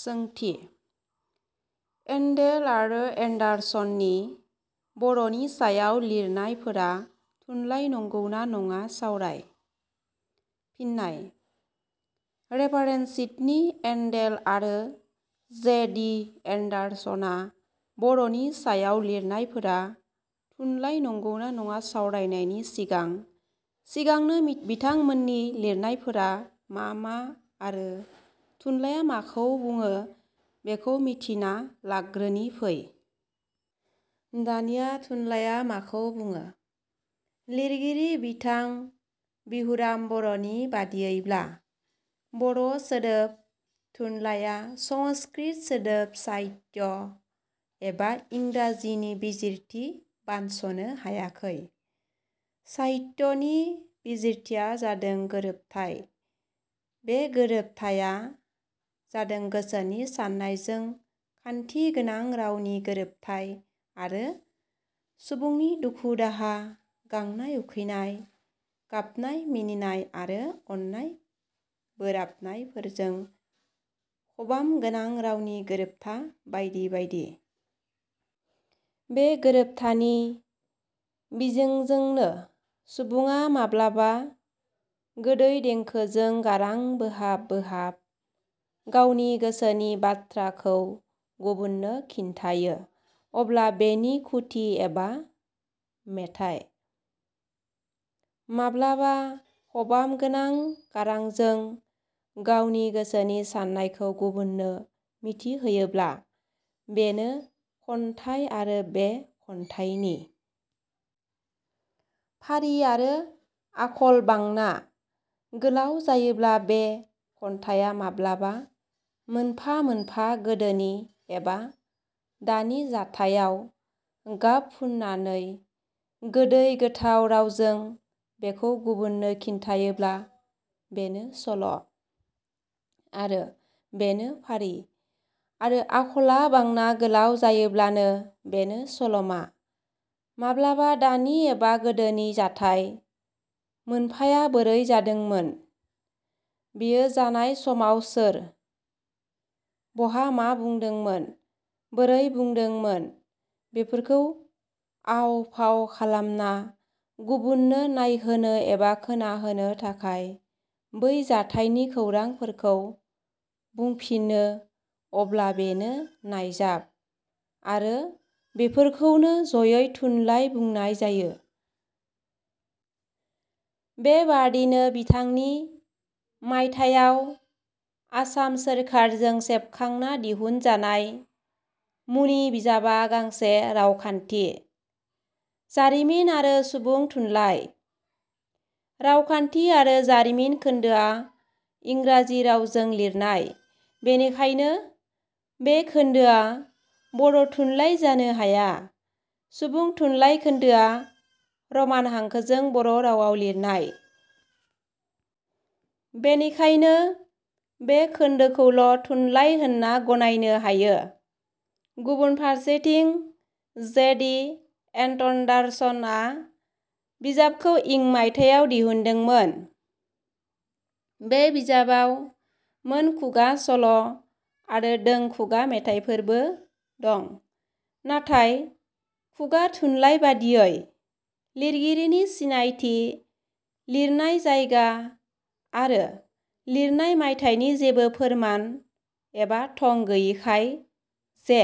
सोंथि: एण्डेल आरो एण्डार्सननि बर'नि सायाव लिरनायफोरा थुनलाइ नंगौना नङा सावराय। फिननाय: रेभारण्ड सिदनि एण्डेल आरो जे. डि. एण्डार्सनआ बर'नि सायाव लिरनायफोरा थुनलाइ नंगौना नङा सावरायनायनि सिगां सिगांनो बिथांमोननि लिरनायफोरा मा मा आरो थुनलाया माखौ बुङो बेखौ मिथिना लाग्रोनि फै। दानिया थुनलाइया माखौ बुङो? लिरगिरि बिथां बिहुराम बर'नि बादियैब्ला- बर' सोदोब थुनलाइया संस्कृत सोदोब साहित्य, एबा इंराजि नि बिजिरथि बानसनो हायाखै। साहित्य'नि बिजिरथिया जादों – गोरोबथाइ। बे गोरोबथाया जादों गोसोनि साननायजों खान्थिगोनां रावनि गोरोबथाइ आरो सुबुंनि दुखु-दाहा, गांनाय, उखैनाय, गाबनाय-मिनिनाय आरो अननाय बोराबनायफोरजों खबामगोनां रावनि गोरोबथा बायदि बायदि। बे गोरोबथानि बिजोंजोंनो सुबुङा माब्लाबा गोदै देंखोजों गारां बोहाब बोहाब गावनि गोसोनि बाथ्राखौ गुबुननो खिन्थायो अब्ला बेनो खुथि एबा मेथाइ, माब्लाबा खबामगोनां गारांजों गावनि गोसोनि साननायखौ गुबुननो मिथिहोयोब्ला- बेनो खन्थाइ आरो बे खन्थाइनि फारि आरो आखल बांना गोलाउ जायोब्ला बे खन्थाइया माब्लाबा मोनफा मोनफा गोदोनि एबा दानि जाथाइयाव गाब फुननानै गोदै गोथाव रावजों बेखौ गुबुननो खिन्थायोब्ला बेनो सल' आरो बेनो फारि, आरो आखला बांना गोलाउ जायोब्लानो बेनो सल'मा, माब्लाबा दानि एबा गोदोनि जाथाइ मोनफाया बोरै जादोंमोन, बेयो जानाय समाव सोर, बहा मा बुंदोंमोन, बोरै बुंदोंमोन, बेफोरखौ आव-फाव खालामना गुबुननो नायहोनो एबा खोनाहोनो थाखाय बै जाथाइनि खौरांफोरखौ बुंफिनो अब्ला बेनो नायजाब आरो बेफोरखौनो जयै थुनलाइ बुंनाय जायो। बेबादिनो बिथांनि मायथाइयाव आसाम सोरखारजों सेबखांना दिहुनजानाय मुनि बिजाबा गांसे रावखान्थि, जारिमिन आरो सुबुं थुनलाइ। रावखान्थि आरो जारिमिन खोन्दोआ इंराजि रावजों लिरनाय। बेनिखायनो बे खोन्दोआ बर' थुनलाइ जानो हाया। सुबुं थुनलाइ खोन्दोआ रमान हांखोजों बर' रावाव लिरनाय। बेनिखायनो बे खोन्दोखौल' थुनलाइ होनना गनायनो हायो। गुबुन फारसेथिं, जे. डि. एतण्डार्सनआ "" बिजाबखौ इं मायथाइयाव दिहुनदोंमोन। बे बिजाबाव मोन खुगा सल' आरो दों खुगा मेथाइफोरबो दं। नाथाय खुगा थुनलाइ बादियै लिरगिरिनि सिनायथि, लिरनाय जायगा आरो लिरनाय मायथाइनि जेबो फोरमान एबा थं गैयिखाय जे